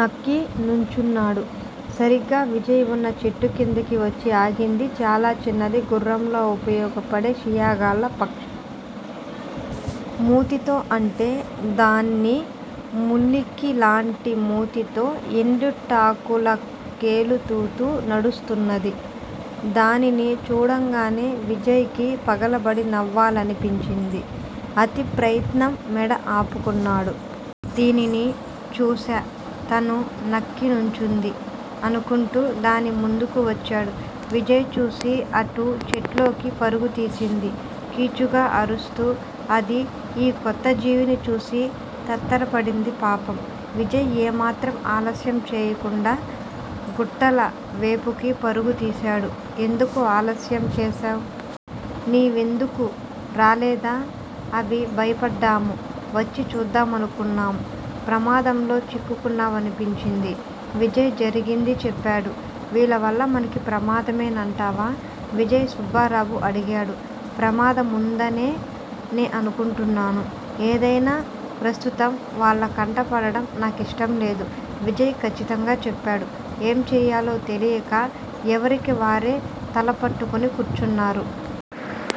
నక్కి నుంచున్నాడు. సరిగ్గా విజయ్ వున్న చెట్టుకిందికి వచ్చి ఆగింది చాలా చిన్నది గుర్రంలా ఉపయోగపడే షియ్యాగాళ్ళ ప. మూతి తో అంటే దాని మునికిలాంటి మూతితో ఎండుటాకులకేలుతుతూ నడుస్తున్నది. దానిని చూడంగానే విజయ్ కి పగలబడి నవ్వాలని పించింది. అతి ప్రయత్నం మెడ ఆపుకున్నాడు. దీనిని చూశా తను నక్కి నుంచుంది? అనుకుంటూ దాని ముందుకు వచ్చాడు. విజయ్ చూసి అటు చెట్లోకి పరుగుతీసింది కీచుగా అరుస్తూ అదీ యీ కొత్త జీవిని చూసి తత్తరపడింది పాపం. విజయ్ ఏమాత్రం ఆలస్యం చేయకుండా గుట్టల వేపుకి పరుగుతీశాడు. ఎందుకు ఆలస్యం చేశావ్? నీవెందుకు రాలేదా అవిభయపడ్డాము వచ్చి చూద్దామనుకున్నాం ప్రమాదంలో చిక్కుకున్నావనిపించింది. విజయ్ జరిగింది చెప్పాడు. వీళ్ళ వల్ల మనకి ప్రమాదమే నంటావా విజయ్ సుబ్బారావు అడిగాడు. ప్రమాదముందనే నే అనుకుంటున్నాను. ఏదైనా ప్రస్తుతం వాళ్ళకంటపడడం నాకిష్టంలేదు విజయ్ కచ్చితంగా చెప్పాడు. ఏంచేయాలో తెలియక ఎవరికివారే తలపట్టుకుని కూర్చున్నారు.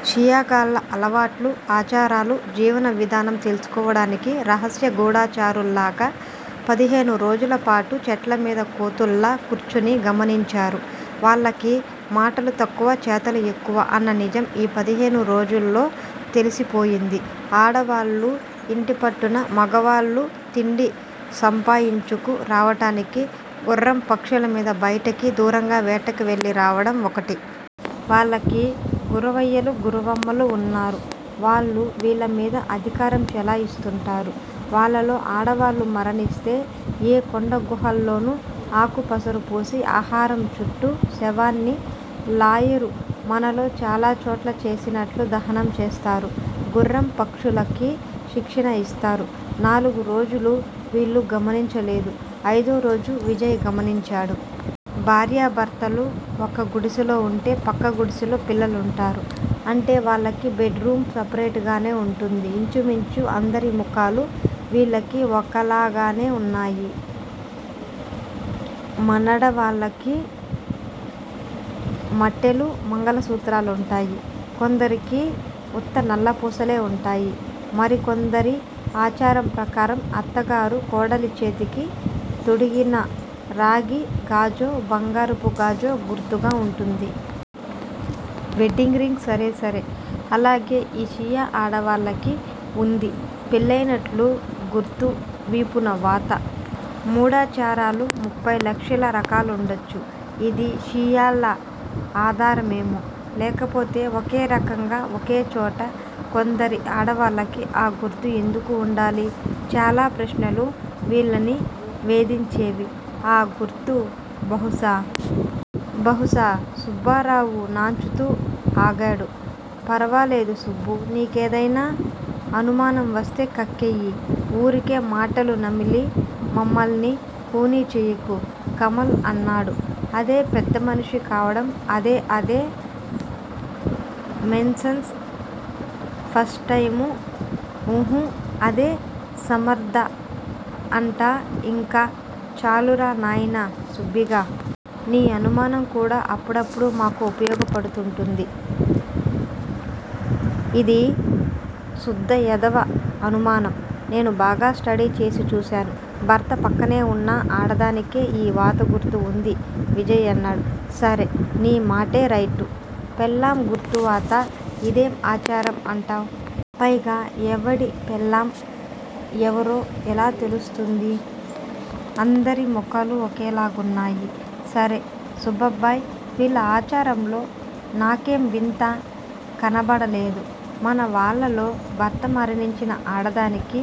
షీయ్యాగాళ్ళ అలవాట్లు ఆచారాలు జీవన విధానం తెలుసుకోటానికి రహస్య గూఢచారుల్లాగా పదిహేను రోజులపాటు చెట్లమీద కోతుల్లా కూర్చుని గమనించారు. వాళ్ళకి మాటలు తక్కువ చేతలు ఎక్కువ అన్ననిజం ఈపదిహేను రోజుల్లో తెలిసిపోయింది. ఆడవాళ్ళు యింటిపట్టున మగవాళ్ళు తిండి సంపాయించుకు రావటానికి గుర్రంపక్షుల మీద బయటకి దూరంగా వేటకి వెళ్ళి రావడం వొకటి. వాళ్ళకి గురవయ్యలు గురవమ్మలు ఉన్నారు. వాళ్ళు వీల్లమీద అధికారం చేలయిస్తుంటారు. వాళ్ళల్లో ఆడవాళ్ళు మరణిస్తే ఏ కొండగుహా ల్లోనూ అకుపసరుపూసి ఆహారం చుట్టూ శవాన్ని లాయరు మనలో చాలా చోట్ల చేసినట్లు దహనం చేస్తారు. గుర్రం పక్షులకి శిక్షణ ఇస్తారు. నాలుగురోజులు వీళ్ళు గమనించలేదు. అయిదోరోజు విజయ్ గమనించాడు. భార్యాభర్తలు ఒక గుడిసెలో వుంటే పక్క గుడిసెలో పిల్లలుంటారు. అంటే వాళ్ళకి బెడ్ రూమ్ సపరేట్ గానే వుంటుంది. ఇంచుమించు అందరి ముఖాలు వీళ్ళకి ఒకలాగానే ఉన్నాయి మనాడవాళ్ళకి మట్టెలు మంగలసూత్రాలుంటాయి కొందరికి ఉత్త నల్లపూసలే వుంటాయి మరికొందరిఆచారం ప్రకారం అత్తగారు కోడలిచేతికి తొడిగిన రాగి గాజో బంగారపు గాజో గుర్తుగా వుంటుంది. వెడ్డింగ్ రింగ్ సరేసరి. అలాగే ఈ షియ్యా ఆడవాళ్ళకి వుంది పెళ్ళయినట్లు గుర్తు వీపునవాత. మూఢాచారాలు ముప్ఫైలక్షల రకాలుండొచ్చు. ఇది షీయ్యాళ ఆధారమేమో! లేకపోతే ఒకేరకంగా ఒకేచోట కొందరి ఆడవాళ్ళకి అ గుర్తు ఎందుకు వుండాలి! చాలా ప్రశ్నలు వీళ్ళని వేధించేవి. ఆ గుర్తు బహుశా! బహుశా! సుబ్బారావు నాన్చుతూ ఆగాడు. ఫరవాలేదు సుబ్బూ! నీకేదైనా అనుమానంవస్తే కక్కేయి. వూరికే మాటలు నమిలి మమ్మల్ని ఖూనీ చెయ్యకు కమల్ అన్నాడు. అదే పెద్దమనిషి కావడం అదే అదే మెన్సస్ ఫస్ట్ టైము ఉహూ అదే సమర్ధ అంటా ఇంక చాలురా నాయనా సుబ్భిగా! నీ అనుమానం కూడా అప్పుడప్పుడు మాకు ఉపయోగపడుతుంటుంది. ఇది సుద్ద ఏధవ అనుమానం. నేను బాగా స్టడీ చేసి చూశాను భర్త పక్కనే వున్న ఆడదానికే యీ వాత గుర్తు ఉంది విజయ్ అన్నాడు. సరే నీ మాటేరైటు. పెళ్ళాం గుర్తువాత. ఇదేం ఆచారం అంటావ్? పైగా ఎవడి పెళ్ళాం ఎవరో ఎలా తెలుస్తుంది అందరి ముఖాలు ఒకేలాగున్నాయి! సరే సుబ్బబ్బాయ్! వీళ్ళ ఆచారంలో నాకేం వింత కానబాడలేదు. మన వాళ్ళలో భర్త మరణించిన ఆడదానికి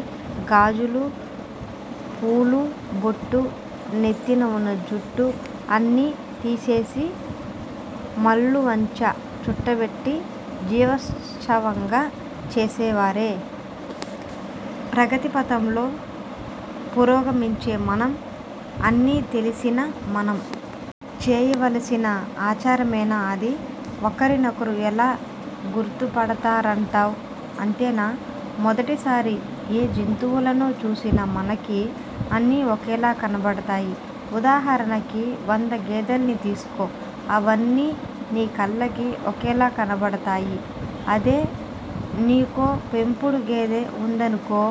గాజులు పూలుబొట్టునెత్తినవున్న జుట్టు అన్నీ తీసేసి మల్లువంచ చుట్టబెట్టి జీవశ్చవంగా చేసేవారే. ప్రగతిపథంలో పురోగమించే మనం అన్నీ తెలిసిన మనం. చేయవలసిన అచారమేనా అది? ఒకరినొకరు ఎలా గుర్తుపడతారం టావ్? అంతేనా? మొదటిసారి ఏ జంతువులనో చూసిన మనకి అన్నీ ఒకేలా కనబతాయి. ఉదాహరణకి వంద గేదెల్ని తీసుకో అవన్నీ నీకళ్ళకి ఒకేలా కనబడతాయి అదే నీకో పెంపుడు గేదె వుందనుకో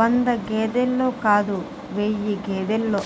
వందగేదేల్లోకాదు వెయ్యిగేదేలలో